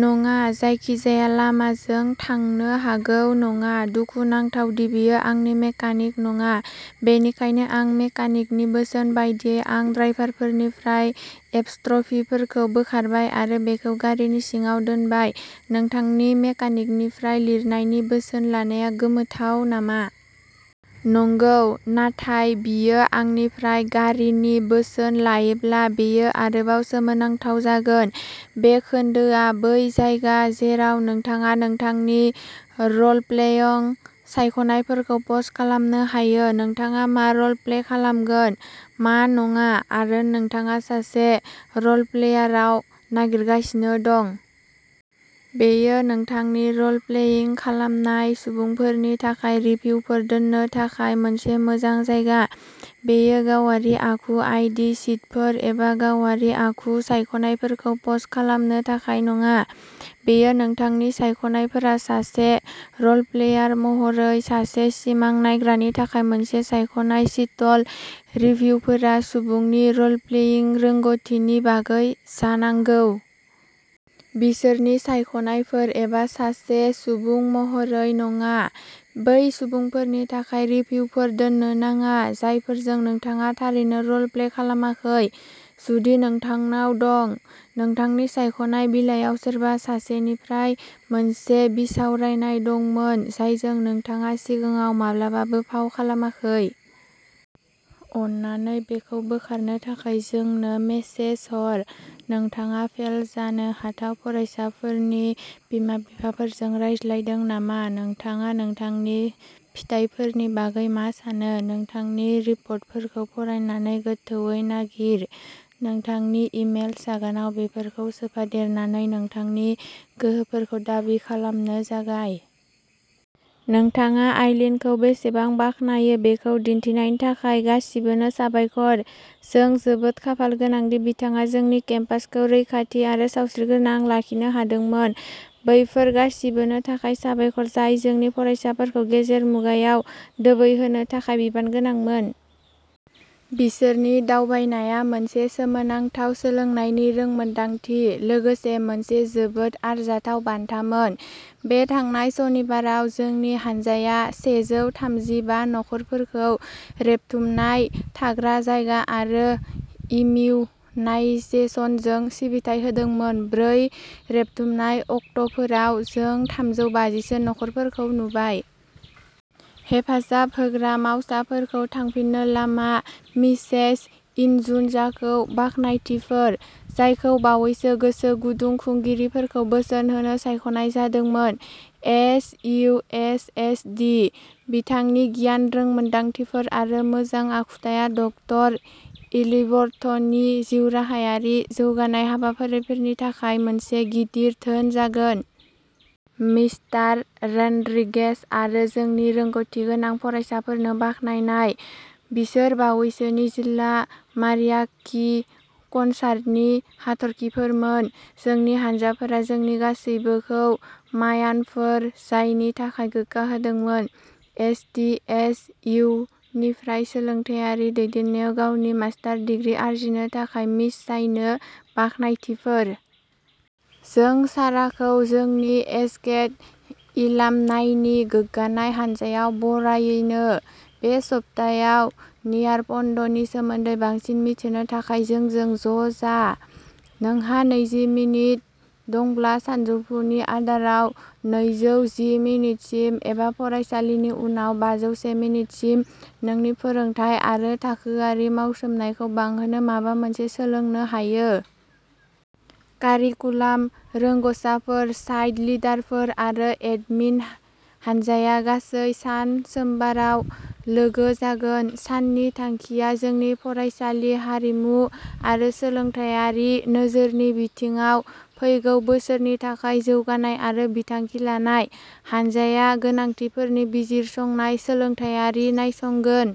नङा, जायखिजाया लामाजों थांनो हागौ। नङा, दुखु नांथाव दि बियो आंनि मेकानिक नङा। बेनिखायनो आंनि मेकानिकनि बोसोन बायदियै आं ड्राइभारफोरनिफ्राय एपस्ट्र'फिफोरखौ बोखारबाय आरो बेखौ गारिनि सिङाव दोनबाय। नोंथांनि मेकानिकनिफ्राय लिरनायनि बोसोन लानाया गोमोथाव नामा? नंगौ। नाथाय बियो आंनिफ्राय गारिनि बोसोन लायोब्ला बेयो आरोबाव सोमोनांथाव जागोन। बे खोन्दोआ बै जायगा जेराव नोंथाङा नोंथांनि रलप्लेइं सायख'नायफोरखौ पस्ट खालामनो हायो। नोंथाङा मा रलप्ले खालामगोन? मा नङा। आरो नोंथाङा सासे रलप्लेयाराव नागिरगासिनो दं। बेयो नोंथांनि रलप्लेइं खालामनाय सुबुंफोरनि थाखाय रिभ्युफोर दोननो थाखाय मोनसे मोजां जायगा। बेयो गावारि आखु आइ. डि. शीटफोर एबा गावारि आखु सायख'नायफोरखौ पस्ट खालामनो थाखाय नङा। बेयो नोंथांनि सायख'नायफोरा सासे रलप्लेयार महरै सासे सिमां नायग्रानि थाखाय मोनसे सायख'नाय शीटल' रिभ्युफोरा सुबुंनि रलप्लेइं रोंग'थिनि बागै जानांगौ। बिसोरनि सायख'नायफोर एबा सासे सुबुं महरै नङा। बै सुबुंफोरनि थाखाय रिभ्युफोर दोननो नाङा जायफोरजों नोंथाङा थारैनो रलप्ले खालामाखै। जुदि नोंथांनाव दं। नोंथांनि सायख'नाय बिलाइयाव सोरबा सासेनिफ्राय मोनसे बिसावरायनाय दंमोन जायजों नोंथाङा सिगाङाव माब्लाबाबो फाव खालामाखै। अननानै बेखौ बोखारनो थाखाय जोंनो मेसेज हर। नोंथाङा फेल जानो हाथाव फरायसाफोरनि बिमा-बिफाफोरजों रायज्लायदों नामा? नोंथाङा नोंथांनि फिथायफोरनि बागै मा सानो? नोंथांनि रिपर्टफोरखौ फरायनानै गोथौवै नागिर। नोंथांनि इमेल सागानआव बेफोरखौ सोफादेरनानै नोंथांनि गोहोफोरखौ दाबि खालामनो जागाय। नोंथाङा आइलीनखौ बेसेबां बाखनायो बेखौ दिन्थिनायनि थाखाय गासिबोनो साबायखर। जों जोबोद खाफालगोनां दि बिथाङा जोंनि केम्पासखौ रैखाथि आरो सावस्रिगोनां लाखिनो हादोंमोन। बैसोर गासिबोनो थाखाय साबायखर जाय जोंनि फरायसाफोरखौ गेजेर मुगायाव दोबैहोनो थाखाय बिबानगोनांमोन। बिसोरनि दावबायनाया मोनसे सोमोनांथाव सोलोंनायनि रोंमोनदांथि लोगोसे मोनसे जोबोद आरजाथाव बान्थामोन। बे थांनाय सनिबाराव जोंनि हानजाया सेजौ थामजि बा नखरफोरखौ रेबथुमनाय थाग्रा जायगा आरो इमिउ नायजेसनजों सिबिथाय होदोंमोन। ब्रै रेबथुमनाय अक्ट'फोराव जों थामजौ बाजि सो नखरफोरखौ नुबाय। हेफाजाब होग्रा मावसाफोरखौ थांफिननो लामा मिसेस इनजुनजाखौ बाखनायथिफोर। जायखौ बावैसो गोसो गुदुं खुंगिरिफोरखौ बोसोन होनो सायख'नाय जादोंमोन। S. U. H. S. D.. बिथांनि गियान रोंमोनदांथिफोर आरो मोजां आखुथाया डक्टर इलिंवर्थनि जिउराहायारि जौगानाय हाबाफारिफोरनि थाखाय मोनसे गिदिर धोन जागोन। मिस्टार रड्रिगेज आरो जोंनि रोंग'थिगोनां फरायसाफोरनो बाखनायनाय। बिसोर बावैसोनि जिल्ला मारियाकी कनसार्टनि हाथरखिफोरमोन। जोंनि हानजाफोरा जोंनि गासिबोखौ मायानफोर जानायनि थाखाय गोग्गा होदोंमोन। एस. डि. एस. इउ. निफ्राय सोलोंथायारि दैदेननायाव गावनि मास्टार डिग्री आरजिनो थाखाय मिस चाइनो बाखनायथिफोर। जों साराखौ जोंनि एजकेक एलामनाइनि गोग्गानाय हानजायाव बरायनो। बे सप्तायाव नियारप'डनि सोमोन्दै बांसिन मिथिनो थाखाय जोंजों ज'जा। नोंहा नैजि मिनिट दंब्ला सानजौफुनि आदाराव नैजौ जि मिनिटसिम एबा फरायसालिनि उनाव बाजौ से मिनिटसिम नोंनि फोरोंथाय आरो थाखोआरि मावसोमनायखौ बांहोनो माबा मोनसे सोलोंनो हायो। कारिकुलाम रोंग'साफोर साइट लिडारफोर आरो एडमिन हान्जाया गासै सान सोमबाराव लोगो जागोन। साननि थांखिया जोंनि फरायसालि हारिमु आरो सोलोंथायारि नोजोरनि बिथिङाव फैगौ बोसोरनि थाखाय जौगानाय आरो बिथांखि लानाय। हानजाया गोनांथिफोरनि बिजिरसंनाय सोलोंथायारि नायसंगोन।